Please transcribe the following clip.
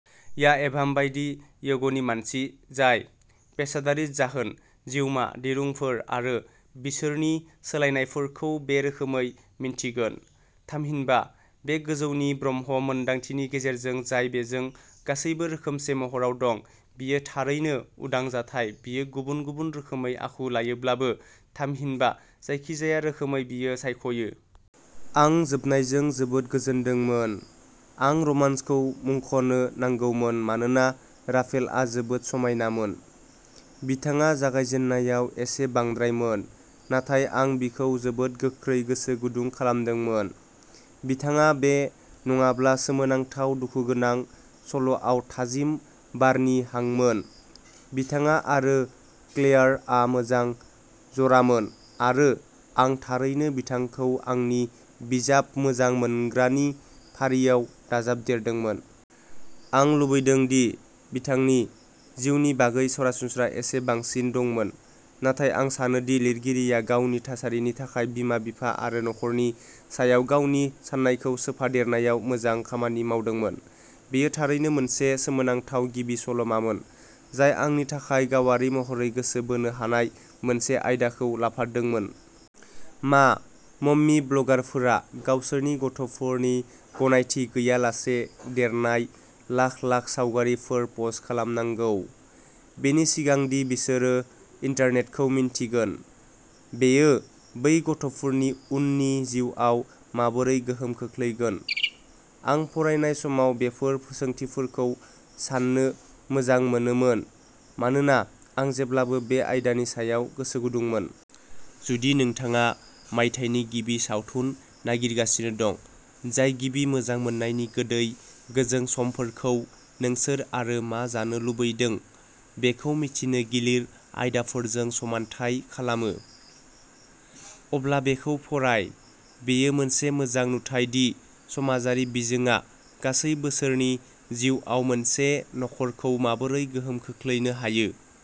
या एभाम बायदि य'गनि मानसि जाय बेसादारि जाहोन, जिउमा, दिरुंफोर आरो बिसोरनि सोलायनायफोरखौ बे रोखोमै मिन्थिगोन थामहिनबा, बे गोजौनि ब्रह्म-मोनदांथिनि गेजेरजों जाय'बेजों गासैबो रोखोमसे'महराव दं-बियो थारैनो उदां जाथाय-बियो गुबुन-गुबुन रोखोमै आखु लायोब्लाबो थामहिनबा, जायखिजाया रोखोमै बियो सायख'यो। आं जोबनायजों जोबोद गोजोनदोंमोन। आं रमान्सखौ मुंख'नो नांगौमोन मानोना राफेलआ जोबोद समायनामोन। बिथाङा जागायजेननायाव एसे बांद्रायमोन नाथाय आं बिखौ जोबोद गोख्रै गोसो गुदुं खालामदोंमोन। बिथाङा बे नङाब्ला-सोमोनांथाव-दुखुगोनां सल'आव थाजिम बारनि हांमोन। बिथाङा आरो क्लेयारआ मोजां जरामोन आरो आं थारैनो बिथांखौ आंनि बिजाब मोजां मोनग्रानि फारियाव दाजाबदेरदोंमोन। आं लुबैदों दि बिथांनि जिउनि बागै सरासनस्रा एसे बांसिन दंमोन नाथाय आं सानो दि लिरगिरिया गावनि थासारिनि थाखाय बिमा-बिफा आरो नखरनि सायाव गावनि साननायखौ सोफादेरनायाव मोजां खामानि मावदोंमोन। बेयो थारैनो मोनसे सोमोनांथाव गिबि सल'मामोन, जाय आंनि थाखाय गावारि महरै गोसो बोनो हानाय मोनसे आयदाखौ लाफादोंमोन। मा मम्मी ब्लगारफोरा गावसोरनि गथ'फोरनि गनायथि गैयालासे देरनाय लाख-लाख सावगारिफोर पस्ट खालामनांगौ, बेनि सिगां दि बिसोरो इन्टारनेटखौ मिन्थिगोन? बेयो बै गथ'फोरनि उननि जिउआव माबोरै गोहोम खोख्लैगोन? आं फरायनाय समाव बेफोर सोंथिफोरखौ साननो मोजां मोनोमोन मानोना आं जेब्लाबो बे आयदानि सायाव गोसोगुदुंमोन। जुदि नोंथाङा मायथाइनि गिबि सावथुन नागिरगासिनो दं, जाय गिबि मोजां मोननायनि गोदै, गोजों समफोरखौ नों सोर आरो मा जानो लुबैदों बेखौ मिथिनो गिलिर आयदाफोरजों समानथाय खालामो, अब्ला बेखौ फराय। बेयो मोनसे मोजां नुथाय दि समाजारि बिजोङा गासै बोसोरनि जिउआव मोनसे नखरखौ माबोरै गोहोम खोख्लैनो हायो।